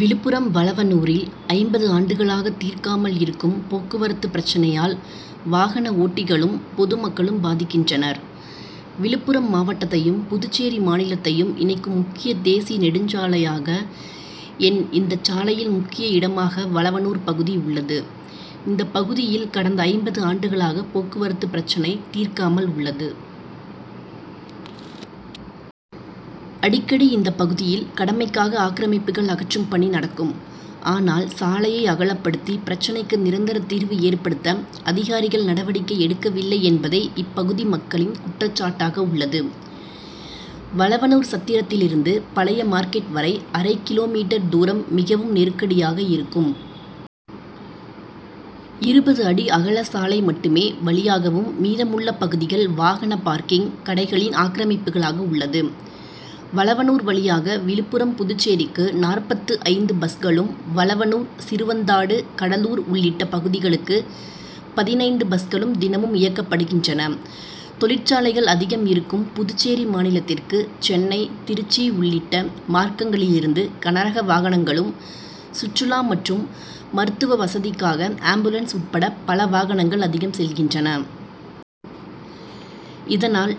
விழுப்புரம் வளவனூரில் ஐம்பது ஆண்டுகளாக தீர்க்காமல் இருக்கும் போக்குவரத்து பிரச்னையால் வாகன ஓட்டிகளும், பொது மக்களும் பாதிக்கின் றனர். விழுப்புரம் மாவட்டத்தையும், புதுச்சேரி மாநிலத்தையும் இணைக்கும் முக்கிய தேசிய நெடுஞ்ச் சாலையாக என். இந்த சாலையில் முக் கிய இடமாக வளவனூர் பகுதி உள்ளது. இந்த பகுதியில் கடந்த ஐம்பது ஆண்டுகளாக போக்குவரத்து பிரச்னை தீர்க்காமல் உள்ளது. அடிக்கடி இந்த பகுதியில் கடமைக்காக ஆக்கிரமிப்புகள் அகற்றும் பணி நடக்கும். ஆனால் சாலையை அகலப்படுத்தி பிரச்னைக்கு நிரந்தர தீர்வு ஏற்படுத்த அதிகாரிகள் நடவடிக்கை எடுக்கவில்லை என்பதே இப்பகுதி மக்களின் குற்றச்சாட்டாக உள்ளது. வளவனூர் சத்திரத்திலிருந்து பழைய மார்க்கெட் வரை அரை கிலோ மீட்டர் தூரம் மிகவும் நெருக்கடியாக இருக்கும். இருபது அடி அகல சாலை மட்டுமே வழியாகவும் மீதமுள்ள பகுதிகள் வாகன பார்க்கிங், கடைகளின் ஆக்கிரமிப்புகளாக உள்ளது. வளவனூர் வழியாக விழுப்புரம்-புதுச்சேரிக்கு நாற்பத்து ஐந்து பஸ்களும், வளவனூர், சிறுவந்தாடு, கடலூர் உள்ளிட்ட பகுதிகளுக்கு பதினைந்து பஸ்களும் தினமும் இயக்கப்படுகின்றன. தொழிற்சாலைகள் அதிகம் இருக்கும் புதுச்சேரி மாநிலத்திற்கு சென்னை, திருச்சி உள் ளிட்ட மார்க்கங்களிலிருந்து கனரக வாகனங்களும், சுற்றுலா மற்றும் மருத்துவ வசதிக்காக ஆம்புலன்ஸ் உட்பட பல வாகனங்கள் அதிகம் செல்கின்றன. இதனால்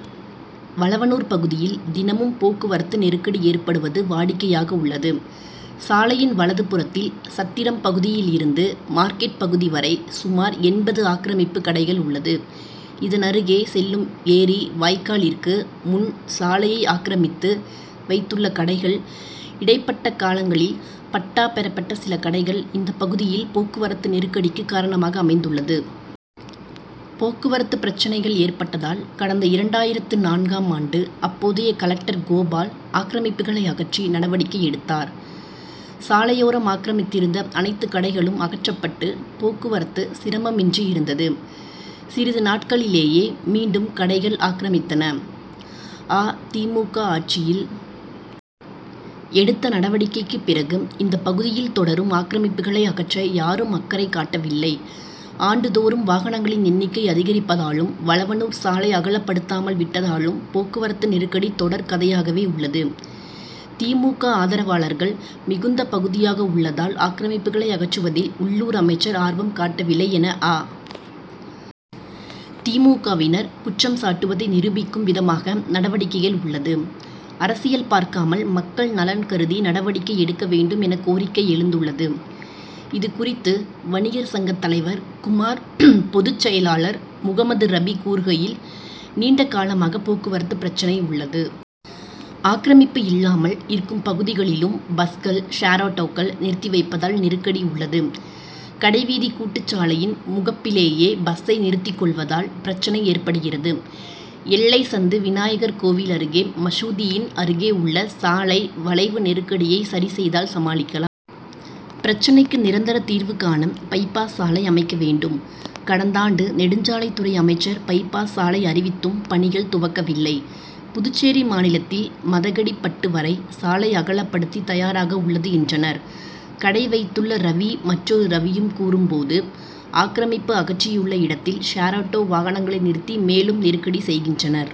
வளவனூர் பகுதியில் தினமும் போக்கு வரத்து நெருக்கடி ஏற்படுவது வாடிக்கையாக உள்ளது. சாலையின் வலது புறத்தில் சத்திரம் பகுதியில் இருந்து மார்க்கெட் பகுதி வரை சுமார் எண்பது ஆக்கிரமிப்பு கடைகள் உள்ளது. இதனருகே செல்லும் ஏரி வாய்க்காலிற்கு முன் சாலையை ஆக்கிரமித்து வைத்துள்ள கடைகள், இடைப்பட்ட காலங்களில் பட்டா பெறப்பட்ட சில கடைகள் இந்த பகுதியில் போக்குவரத்து நெருக்கடிக்கு காரணமாக அமைந்துள்ளது. போக்குவரத்து பிரச்னைகள் ஏற்பட்டதால் கடந்த இரண்டாயிரத்து நான்கு ம் ஆண்டு அப்போதைய கலெக்டர் கோபால் ஆக்கிரமிப்புகளை அகற்றி நடவடிக்கை எடுத்தார். சாலையோரம் ஆக்கிரமித்திருந்த அனைத்து கடைகளும் அகற்றப் பட்டு போக்குவரத்து சிரமமின்றி இருந்தது. சிறிது நாட்களிலேயே மீண்டும் கடைகள் ஆக்கிரமித்தன. அ. தி. மு. க.,ஆட்சியில் எடுத்த நடவடிக்கைக்கு பிறகு இந்த பகுதியில் தொடரும் ஆக்கிரமிப்புகளை அகற்ற யாரும் அக்கறை காட்டவில்லை. ஆண்டு தோறும் வாகனங்களின் எண்ணிக்கை அதிகரிப்பதாலும், வளவனூர் சாலை அகலப்படுத்தாமல் விட்டதாலும் போக்குவரத்து நெருக்கடி தொடர் கதையாகவே உள்ளது. தி. மு. க., ஆதரவாளர்கள் மிகுந்த பகுதியாக உள்ளதால் ஆக்கிரமிப்புகளை அகற்றுவதில் உள்ளூர் அமைச்சர் ஆர்வம் காட்டவில்லை என அ. தி. மு. க., வினர் குற்றம் சாட்டுவதை நிரூபிக்கும் விதமாக நடவடிக்கைகள் உள்ளது. அரசியல் பார்க்காமல் மக்கள் நலன் கருதி நடவடிக்கை எடுக்க வேண்டும் என கோரிக்கை எழுந்துள்ளது. இது குறித்து வணிகர் சங்கத் தலைவர் குமார், பொது செயலாளர் முகமது ரபி கூறுகையில்: நீண்ட காலமாக போக்குவரத்து பிரச்னை உள்ளது. ஆக்கிரமிப்பு இல்லாமல் இருக்கும் பகுதிகளிலும் பஸ்கள், ஷேர் ஆட்டோக்கள் நிறுத்தி வைப்பதால் நெருக்கடி உள்ளது. கடைவீதி கூட்டு சாலையின் முகப் பிலேயே பஸ்சை நிறுத்திக் கொள் வதால் பிரச்னை ஏற்படுகிறது. எல்லை சந்து, விநாயகர் கோவில் அருகே, மசூதியின் அருகே உள்ள சாலை வளைவு நெருக்கடியை சரி செய்தால் சமாளிக்கலாம். பிரச்னைக்கு நிரந்தர தீர்வுகாண பைபாஸ் சாலை அமைக்க வேண்டும். கடந் தாண்டு நெடுஞ்சாலைத் துறை அமைச்சர் பைபாஸ் சாலை அறிவித்தும் பணிகள் துவக்கவில்லை. புதுச் சேரி மாநிலத்தில் மதகடிப் பட்டு வரை சாலை அகலப் படுத்தி தயாராக உள்ளது என்றனர். கடை வைத்துள்ள ரவி, மற் றொரு ரவியும் கூறும் போது, ஆக்கிரமிப்பு அகற்றியுள்ள இடத்தில் ஷேர் ஆட்டோ, வாகனங்க ளை நிறுத்தி மேலும் நெருக்கடி செய்கின்றனர்.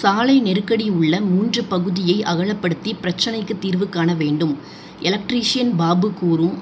சாலை நெருக்கடி உள்ள மூன்று பகுதியை அகலப்படுத்தி பிரச்னைக்கு தீர்வுகாண வேண்டும். எலக்ட்ரிஷியன் பாபு கூறும்